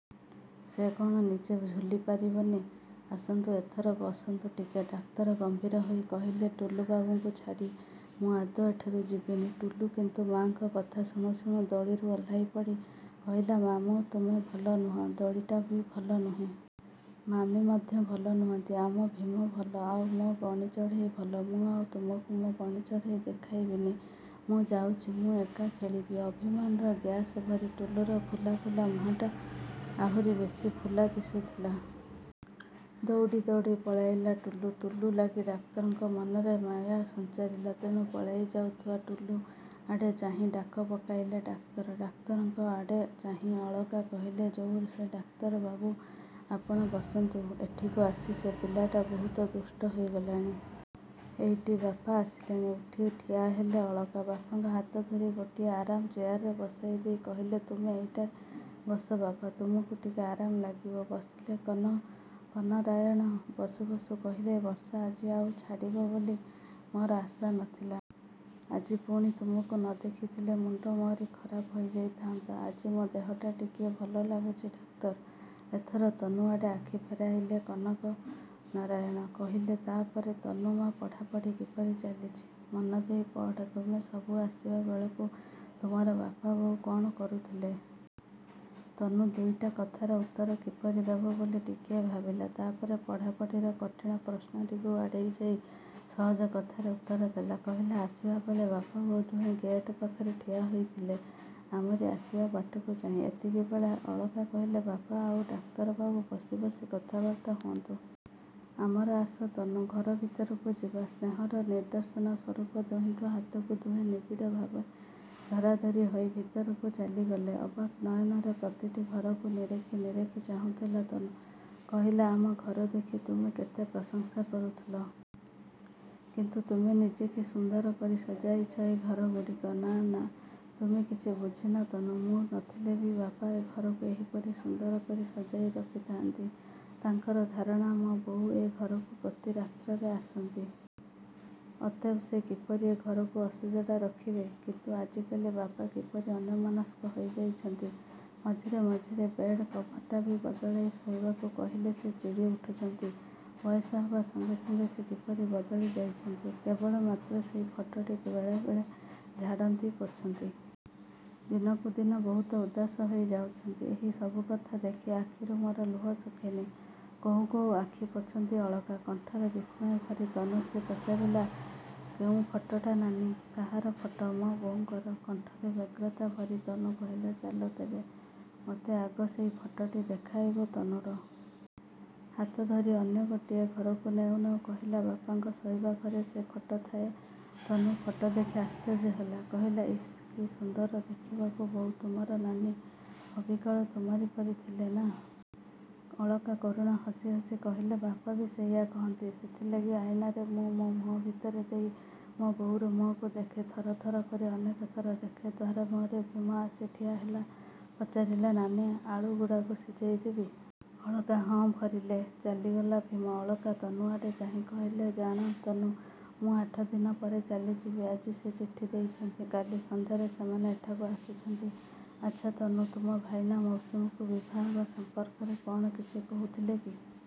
ସେ କ'ଣ ନିଜେ ଝୁଲିପାରିବନି। ଆସନ୍ତୁ ଏଥର। ବସନ୍ତୁ ଟିକେ। ଡାକ୍ତର ଗମ୍ଭୀର ହୋଇ କହିଲେ, ଟୁଲୁବାବୁଙ୍କୁ ଛାଡ଼ି ମୁଁ ଆଦୌ ଏଠାରୁ ଯିବିନି। ଟୁଲୁ କିନ୍ତୁ ମାଆଙ୍କ କଥା ଶୁଣୁ ଶୁଣୁ ଦୋଳିରୁ ଓହ୍ଲାଇପଡ଼ି କହିଲା ମାମୁଁ, ତୁମେ ଭଲ ନୁହଁ। ଦୋଳିଟା ବି ଭଲ ନୁହେଁ। ମାମି ମଧ୍ୟ ଭଲ ନୁହନ୍ତି। ଆମ ଭୀମ ଭଲ। ଆଉ ମୋ ବଣିଚଢ଼େଇ ଭଲ। ମୁଁ ଆଉ ତୁମକୁ ମୋ ବଣିଚଢ଼େଇ ଦେଖାଇବିନି। ମୁଁ ଯାଉଛି, ମୁଁ ଏକା ଖେଳିବି। ଅଭିମାନର ଗ୍ୟାସ୍ ଭରି ଟୁଲୁର ଫୁଲା ଫୁଲା ମୁହଁଟା ଆହୁରି ବେଶି ଫୁଲା ଦିଶୁଥିଲା। ଦୌଡ଼ି ଦୌଡ଼ି ପଳାଇଲା ଟୁଲୁ। ଟୁଲୁ ଲାଗି ଡାକ୍ତରଙ୍କ ମନରେ ମାୟା ସଞ୍ଚାରିଲା। ତେଣୁ ପଳାଇ ଯାଉଥିବା ଟୁଲୁଆଡ଼େ ଚାହିଁ ଡାକ ପକାଇଲେ ଡାକ୍ତର। ଡାକ୍ତରଙ୍କ ଆଡ଼େ ଚାହିଁ ଅଳକା କହିଲେ ଯାଉ ସେ ଡାକ୍ତରବାବୁ, ଆପଣ ବସନ୍ତୁ। ଏଠିକୁ ଆସି ସେ ପିଲାଟା ବହୁତ ଦୁଷ୍ଟ ହେଇଗଲାଣି। ହେଇଟି, ବାପା ଆସିଲେଣି। ଉଠି ଠିଆହେଲେ ଅଳକା। ବାପାଙ୍କ ହାତ ଧରି ଗୋଟିଏ ଆରାମ ଚେୟାରରେ ବସାଇଦେଇ କହିଲେ ତୁମେ ଏଇଟା ବସ ବାପା। ତୁମକୁ ଟିକେ ଆରାମ ଲାଗିବ। ବସିଲେ କନକନାରାୟଣ। ବସୁ ବସୁ କହିଲେ ଏ ବର୍ଷା ଆଜି ଆଉ ଛାଡ଼ିବ ବୋଲି ମୋର ଆଶା ନ ଥିଲା। ଆଜି ପୁଣି ତୁମକୁ ନ ଦେଖିଥିଲେ ମୁଣ୍ଡ ମୋରି ଖରାପ ହୋଇଯାଇଥାନ୍ତା। ଆଜି ମୋ ଦେହଟା ଟିକିଏ ଭଲ ଲାଗୁଛି ଡାକ୍ତର। ଏଥର ତନୁଆଡ଼େ ଆଖି ଫେରାଇଲେ କନକନାରାୟଣ। କହିଲେ ତା'ପରେ ତନୁ ମା', ପଢ଼ାପଢ଼ି କିପରି ଚାଲିଛି? ମନଦେଇ ପଢ଼। ତୁମେ ସବୁ ଆସିବା ବେଳକୁ ତୁମର ବାପା ବୋଉ କ'ଣ କରୁଥିଲେ? ତନୁ ଦୁଇଟା କଥାର ଉତ୍ତର କିପରି ଦେବ ବୋଲି ଟିକିଏ ଭାବିଲା। ତା'ପରେ ପଢ଼ାପଢ଼ିର କଠିଣ ପ୍ରଶ୍ନଟିକୁ ଆଡ଼େଇଯାଇ ସହଜ କଥାର ଉତ୍ତର ଦେଲା। କହିଲା, ଆସିବାବେଳେ ବାପା ବୋଉ ଦୁହେଁ ଗେଟ୍ ପାଖରେ ଠିଆହୋଇଥିଲେ ଆମରି ଆସିବା ବାଟକୁ ଚାହିଁ। ଏତିକିବେଳେ ଅଳକା କହିଲେ ବାପା ଆଉ ଡାକ୍ତରବାବୁ ବସି ବସି କଥାବାର୍ତ୍ତା ହୁଅନ୍ତୁ। ଆମର ଆସ ତନୁ, ଘର ଭିତରକୁ ଯିବା। ସ୍ନେହଁର ନିଦର୍ଶନ ସ୍ୱରୂପ ଦୁହିଁଙ୍କ ହାତକୁ ଦୁହେଁ ନିବିଡ଼ ଭାବରେ ଧରାଧରି ହୋଇ ଭିତରକୁ ଚାଲିଗଲେ। ଅବାକ୍ ନୟନରେ ପ୍ରତିଟି ଘରକୁ ନିରେଖି ନିରେଖି ଚାହୁଁଥିଲା ତନୁ। କହିଲା, ଆମ ଘର ଦେଖି ତୁମେ କେତେ ପ୍ରଶଂସା କରୁଥିଲ। କିନ୍ତୁ ତୁମେ ନିଜେ କି ସୁନ୍ଦର କରି ସଜାଇଛ ଏହି ଘରଗୁଡ଼ିକ। ନା ନା, ତୁମେ କିଛି ବୁଝିନ ତନୁ। ମୁଁ ନଥିଲେ ବି ବାପା ଏ ଘରକୁ ଏହିପରି ସୁନ୍ଦର କରି ସଜାଇ ରଖିଥାନ୍ତି। ତାଙ୍କର ଧାରଣା ମୋ ବୋଉ ଏ ଘରକୁ ପ୍ରତି ରାତ୍ରରେ ଆସନ୍ତି। ଅତଏବ ସେ କିପରି ଏ ଘରକୁ ଅସଜଡ଼ା ରଖିବେ? କିନ୍ତୁ ଆଜିକାଲି ବାପା କିପରି ଅନ୍ୟମନସ୍କ ହୋଇଯାଇଛନ୍ତି। ମଝିରେ ମଝିରେ ବେଡ୍ କଭର୍ଟା ବି ବଦଳାଇ ଶୋଇବାକୁ କହିଲେ ସେ ଚିଡ଼ି ଉଠୁଛନ୍ତି। ବୟସ ହେବା ସାଙ୍ଗେ ସାଙ୍ଗେ ସେ କିପରି ବଦଳି ଯାଇଛନ୍ତି। କେବଳମାତ୍ର ସେଇ ଫଟୋଟି ବେଳେବେଳେ ଝାଡ଼ନ୍ତି, ପୋଛନ୍ତି। ଦିନକୁ ଦିନ ବହୁତ ଉଦାସ ହେଇଯାଉଛନ୍ତି। ଏହି ସବୁ କଥା ଦେଖି ଆଖିରୁ ମୋର ଲୁହ ସୁଖେନି। କହୁ କହୁ ଆଖି ପୋଛନ୍ତି ଅଳକା। କଣ୍ଠରେ ବିସ୍ମୟ ଭରି ତନୁଶ୍ରୀ ପଚାରିଲା, କେଉଁ ଫଟୋଟା ନାନୀ? କାହାର ଫଟୋ? ମୋ ବୋଉଙ୍କର। କଣ୍ଠରେ ବ୍ୟଗ୍ରତା ଭରି ତନୁ କହିଲା ଚାଲ ତେବେ, ମୋତେ ଆଗ ସେଇ ଫଟୋଟି ଦେଖାଇବ। ତନୁର ହାତ ଧରି ଅନ୍ୟ ଗୋଟିଏ ଘରକୁ ନେଉ ନେଉ କହିଲା ବାପାଙ୍କ ଶୋଇବା ଘରେ ସେ ଫଟୋ ଥାଏ। ତନୁ ଫଟୋ ଦେଖି ଆଶ୍ଚର୍ଯ୍ୟ ହେଲା। କହିଲା ଇସ୍, କି ସୁନ୍ଦର ଦେଖିବାକୁ ବୋଉ ତୁମର, ନାନୀ। ଅବିକଳ ତୁମରି ପରି ଥିଲେ, ନା? ଅଳକା କରୁଣ ହସି ହସି କହିଲେ ବାପା ବି ସେଇଆ କହନ୍ତି। ସେଥିଲାଗି ଅଇନାରେ ମୁଁ ମୋ ମୁହଁ ଭିତର ଦେଇ ମୋ ବୋଉର ମୁହଁକୁ ଦେଖେ। ଥର ଥର କରି ଅନେକଥର ଦେଖେ। ଦ୍ୱାର ମୁହଁରେ ଭୀମ ଆସି ଠିଆହେଲା। ପଚାରିଲା ନାନୀ, ଆଳୁ ଗୁଡ଼ାକୁ ସିଝାଇ ଦେବି? ଅଳକା ହଁ ଭରିଲେ। ଚାଲିଗଲା ଭୀମ। ଅଳକା ତନୁଆଡ଼େ ଚାହିଁ କହିଲେ ଜାଣ ତନୁ, ମୁଁ ଆଠଦିନ ପରେ ଚାଲିଯିବି। ଆଜି ସେ ଚିଠି ଦେଇଛନ୍ତି। କାଲି ସନ୍ଧ୍ୟାରେ ସେମାନେ ଏଠାକୁ ଆସୁଛନ୍ତି। ଆଚ୍ଛା ତନୁ, ତୁମ ଭାଇନା ମୌସୁମୀକୁ ବିଭା ହେବା ସମ୍ପର୍କରେ କ'ଣ କିଛି କହୁଥିଲେ କି?